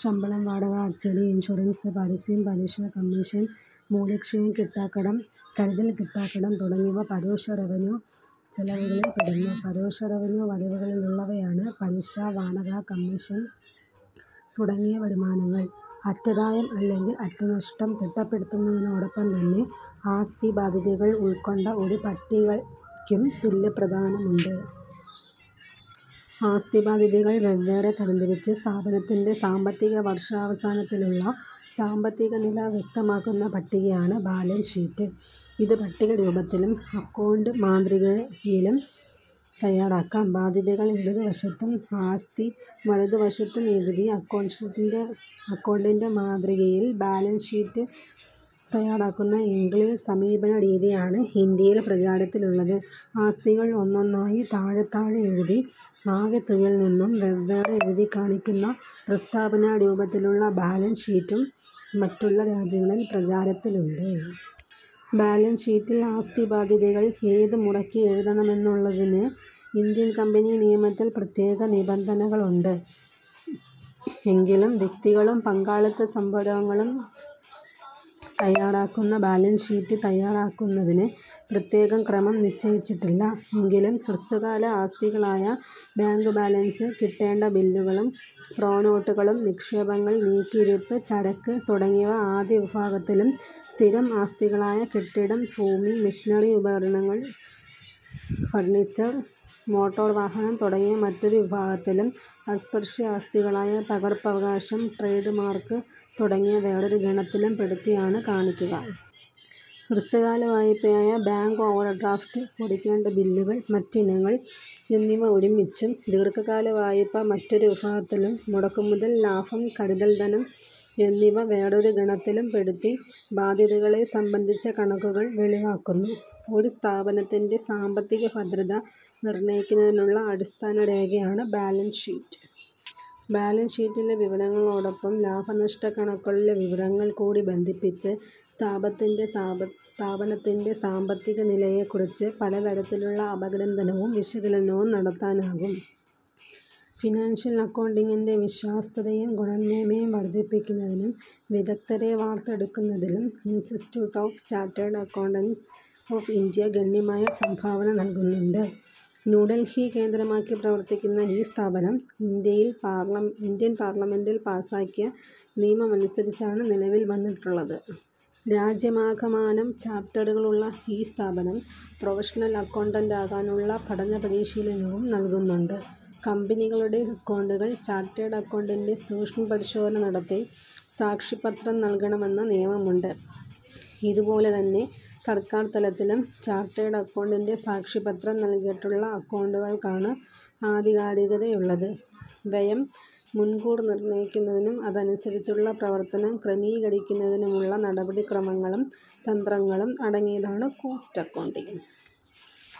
ശമ്പളം, വാടക, അച്ചടി, ഇൻഷുറൻസ്, പരസ്യം, പലിശ, കമ്മീഷൻ, മൂല്യക്ഷയം, കിട്ടാക്കടം, കരുതൽ കിട്ടാക്കടം തുടങ്ങിയവ പരോക്ഷ റവന്യൂ ചെലവുകളിൽപ്പെടുന്നു. പരോക്ഷ റവന്യൂ വരവുകളിലുള്ളവയാണ് പലിശ, വാടക, കമ്മീഷൻ തുടങ്ങിയ വരുമാനങ്ങൾ. അറ്റാദായം അല്ലെങ്കിൽ അറ്റനഷ്ടം തിട്ടപ്പെടുത്തുന്നതോടൊപ്പം തന്നെ ആസ്തിബാദ്ധ്യതകൾ ഉൾക്കൊണ്ട ഒരു പട്ടികയ്ക്കും തുല്യ പ്രാധാന്യമുണ്ട്. ആസ്തിബാദ്ധ്യതകൾ വെവ്വേറെ തരംതിരിച്ച് സ്ഥാപനത്തിൻ്റെ സാമ്പത്തിക വർഷാവസാനത്തിലുള്ള സാമ്പത്തികനില വ്യക്തമാക്കുന്ന പട്ടികയാണ് ബാലൻസ് ഷീറ്റ്. ഇത് പട്ടികരൂപത്തിലും അക്കൗണ്ട് മാതൃകയിലും തയ്യാറാക്കാം. ബാദ്ധ്യതകൾ ഇടതുവശത്തും ആസ്തികൾ വലതുവശത്തും എഴുതി അക്കൗണ്ടിൻ്റെ മാതൃകയിൽ ബാലൻസ് ഷീറ്റ് തയ്യാറാക്കുന്ന ഇംഗ്ലീഷ് സമീപനരീതിയാണ് ഇന്ത്യയിൽ പ്രചാരത്തിലുള്ളത്. ആസ്തികൾ ഒന്നൊന്നായി താഴെ താഴെ എഴുതി ആകെ തുകയിൽനിന്നും വെവ്വേറെ എഴുതിക്കാണിക്കുന്ന പ്രസ്താവനാരൂപത്തിലുള്ള ബാലൻസ് ഷീറ്റും മറ്റുള്ള രാജ്യങ്ങളിൽ പ്രചാരത്തിലുണ്ട്. ബാലൻസ് ഷീറ്റിൽ ആസ്തിബാദ്ധ്യതകൾ ഏത് മുറയ്ക്ക് എഴുതണമെന്നുള്ളതിന് ഇന്ത്യൻ കമ്പനി നിയമത്തിൽ പ്രത്യേക നിബന്ധനകളുണ്ട്. എങ്കിലും വ്യക്തികളും പങ്കാളിത്ത സംരംഭങ്ങളും തയ്യാറാക്കുന്ന ബാലൻസ് ഷീറ്റ് തയ്യാറാക്കുന്നതിന് പ്രത്യേക ക്രമം നിശ്ചയിച്ചിട്ടില്ല. എങ്കിലും, ഹ്രസ്വകാല ആസ്തികളായ ബാങ്ക് ബാലൻസ്, കിട്ടേണ്ട ബില്ലുകളും പ്രോനോട്ടുകളും, നിക്ഷേപങ്ങൾ, നീക്കിയിരിപ്പ് ചരക്ക് തുടങ്ങിയവ ആദ്യവിഭാഗത്തിലും സ്ഥിരം ആസ്തികളായ കെട്ടിടം, ഭൂമി, മെഷീനറി, ഉപകരണങ്ങൾ, ഫർണിച്ചർ, മോട്ടോർ വാഹനം തുടങ്ങിയവ മറ്റൊരു വിഭാഗത്തിലും അസ്പർശ്യ ആസ്തികളായ പകർപ്പവകാശം, ട്രേഡ് മാർക്ക് തുടങ്ങിയവ വേറൊരു ഗണത്തിലുംപെടുത്തിയാണ് കാണിക്കുക. ഹ്രസ്വകാല വായ്പയായ ബാങ്ക് ഓവർ ഡ്രാഫ്റ്റ്, കൊടുക്കേണ്ട ബില്ലുകൾ, മറ്റിനങ്ങൾ എന്നിവ ഒരുമിച്ചും ദീർഘകാല വായ്പ മറ്റൊരു വിഭാഗത്തിലും മുടക്കുമുതൽ, ലാഭം, കരുതൽ ധനം എന്നിവ വേറൊരു ഗണത്തിലുംപെടുത്തി ബാദ്ധ്യതകളെ സംബന്ധിച്ച കണക്കുകൾ വെളിവാക്കുന്നു. ഒരു സ്ഥാപനത്തിൻ്റെ സാമ്പത്തിക ഭദ്രത നിർണയിക്കുന്നതിനുള്ള അടിസ്ഥാനരേഖയാണ് ബാലൻസ് ഷീറ്റ്. ബാലൻസ് ഷീറ്റിലെ വിവരണങ്ങളോടൊപ്പം, ലാഭനഷ്ടക്കണക്കുകളിലെ വിവരങ്ങൾ കൂടി ബന്ധിപ്പിച്ച് സ്ഥാപത്തിന്റെ സ്ഥാപനത്തിൻ്റെ സാമ്പത്തിക നിലയെക്കുറിച്ച് പലതരത്തിലുള്ള അപഗ്രഥനവും വിശകലനവും നടത്താനാവും. ഫിനാൻഷ്യൽ അക്കൗണ്ടിങ്ങിൻ്റെ വിശ്വാസ്യതയും ഗുണമേന്മയും വർദ്ധിപ്പിക്കുന്നതിനും വിദഗ്ദ്ധരെ വാർത്തെടുക്കുന്നതിലും Institute of Chartered Accountants of India ഗണ്യമായ സംഭാവന നൽകുന്നുണ്ട്. ന്യൂഡൽഹി കേന്ദ്രമായി പ്രവർത്തിക്കുന്ന ഈ സ്ഥാപനം ഇന്ത്യൻ പാർലമെൻ്റിൽ പാസ്സാക്കിയ നിയമമനുസരിച്ചാണ് നിലവിൽ വന്നിട്ടുള്ളത്. രാജ്യമാകമാനം ചാപ്റ്ററുകളുള്ള ഈ സ്ഥാപനം പ്രൊഫഷണൽ അക്കൗണ്ടന്റാകാനുള്ള പഠനപരിശീലനവും നൽകുന്നുണ്ട്. കമ്പനികളുടെ അക്കൗണ്ടുകൾ ചാർട്ടേഡ് അക്കൗണ്ടൻ്റെ സൂക്ഷ്മപരിശോധന നടത്തി സാക്ഷിപത്രം നൽകണമെന്ന നിയമമുണ്ട്. ഇതുപോലെ തന്നെ സർക്കാർതലത്തിലും ചാർട്ടേഡ് അക്കൗണ്ടൻ്റെ സാക്ഷിപത്രം നൽകിയിട്ടുള്ള അക്കൗണ്ടുകൾക്കാണ് ആധികാരികതയുള്ളത്. വ്യയം മുൻകൂർ നിർണയിക്കുന്നതിനും അതനുസരിച്ചുള്ള പ്രവർത്തനം ക്രമീകരിക്കുന്നതിനുമുള്ള നടപടിക്രമങ്ങളും തന്ത്രങ്ങളും അടങ്ങിയതാണ് കൂസ്റ്റ് അക്കൗണ്ടിങ്.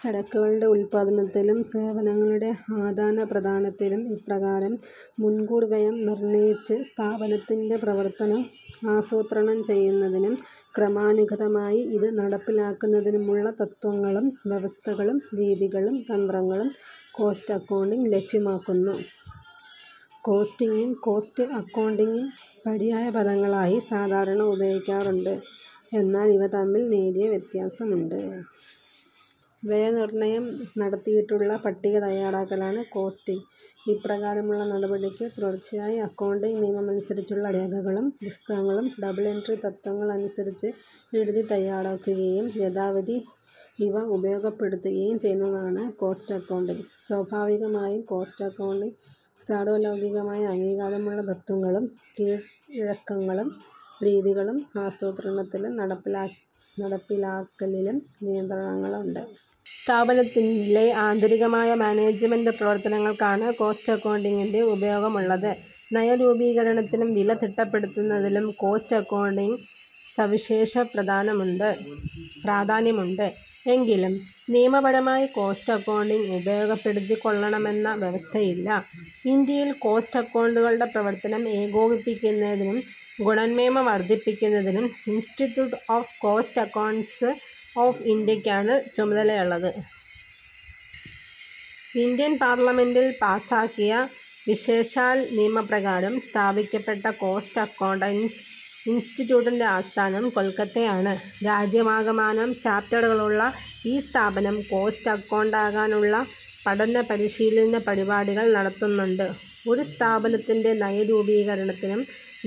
ചരക്കുകളുടെ ഉത്പാദനത്തിലും, സേവനങ്ങളുടെ ആദാനപ്രധാനത്തിലും ഇപ്രകാരം മുൻകൂർ വ്യയം നിർണയിച്ച് സ്ഥാപനത്തിൻ്റെ പ്രവർത്തനം ആസൂത്രണം ചെയ്യുന്നതിനും ക്രമാനുഗതമായി ഇത് നടപ്പിലാക്കുന്നതിനുമുള്ള തത്ത്വങ്ങളും വ്യവസ്ഥകളും രീതികളും തന്ത്രങ്ങളും കോസ്റ്റ് അക്കൗണ്ടിങ് ലഭ്യമാക്കുന്നു. കോസ്റ്റിങ്ങും കോസ്റ്റ് അക്കൗണ്ടിങ്ങും പര്യായപദങ്ങളായി സാധാരണ ഉപയോഗിക്കാറുണ്ട്. എന്നാൽ ഇവ തമ്മിൽ നേരിയ വ്യത്യാസമുണ്ട്. വ്യയനിർണയം നടത്തിയിട്ടുള്ള പട്ടിക തയ്യാറാക്കലാണ് കോസ്റ്റിങ്. ഇപ്രകാരമുള്ള നടപടിക്ക് തുടർച്ചയായി അക്കൗണ്ടിങ് നിയമമനുസരിച്ചുള്ള രേഖകളും പുസ്തകങ്ങളും ഡബിൾ എൻട്രി തത്ത്വങ്ങൾ അനുസരിച്ച് എഴുതി തയ്യാറാക്കുകയും യഥാവിധി ഇവ ഉപയോഗപ്പെടുത്തുകയും ചെയ്യുന്നതാണ് കോസ്റ്റ് അക്കൗണ്ടിങ്. സ്വാഭാവികമായും കോസ്റ്റ് അക്കൗണ്ടിങ്ങിന് സാർവലൗകികമായ അംഗീകാരമുള്ള തത്ത്വങ്ങളും കീഴ്വഴക്കങ്ങളും, രീതികളും ആസൂത്രണത്തിലും നടപ്പിലാക്കലിലും നിയന്ത്രണങ്ങളുമുണ്ട്. സ്ഥാപനത്തിലെ ആന്തരികമായ മാനേജ്മെൻ്റ് പ്രവർത്തനങ്ങൾക്കാണ് കോസ്റ്റ് അക്കൗണ്ടിങ്ങിൻ്റെ ഉപയോഗമുള്ളത്. നയരൂപീകരണത്തിലും വിലതിട്ടപ്പെടുത്തുന്നതിലും കോസ്റ്റ് അക്കൗണ്ടിങ് സവിശേഷ പ്രാധാന്യമുണ്ട്. എങ്കിലും, നിയമപരമായി കോസ്റ്റ് അക്കൗണ്ടിങ് ഉപയോഗപ്പെടുത്തിക്കൊള്ളണമെന്ന വ്യവസ്ഥയില്ല. ഇന്ത്യയിൽ കോസ്റ്റ് അക്കൗണ്ടന്റുകളുടെ പ്രവർത്തനം ഏകോപിപ്പിക്കുന്നതിനും ഗുണമേന്മ വർദ്ധിപ്പിക്കുന്നതിനും institute of cost accountants of ഇന്ത്യയ്ക്കാണ് ചുമതലയള്ളത്. ഇന്ത്യൻ പാർലമെൻ്റിൽ പാസ്സാക്കിയ വിശേഷാൽ നിയമപ്രകാരം സ്ഥാപിക്കപ്പെട്ട കോസ്റ്റ് അക്കൗണ്ടന്റ്സ് ഇൻസ്റ്റിറ്റ്യൂട്ടിൻ്റെ ആസ്ഥാനം കൊൽക്കത്തയാണ്. രാജ്യമാകമാനം ചാപ്റ്ററുകളുള്ള ഈ സ്ഥാപനം കോസ്റ്റ് അക്കൗണ്ടന്റാകാനുള്ള പഠനപരിശീലന പരിപാടികൾ നടത്തുന്നുണ്ട്. ഒരു സ്ഥാപനത്തിൻ്റെ നയരൂപീകരണത്തിനും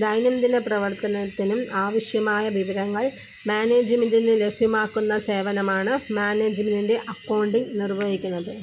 ദൈനംദിന പ്രവർത്തനത്തിനും ആവശ്യമായ വിവരങ്ങൾ മാനേജ്മെൻ്റിന് ലഭ്യമാക്കുന്ന സേവനമാണ് മാനേജ്മെൻ്റെ അക്കൗണ്ടിങ് നിർവഹിക്കുന്നത്.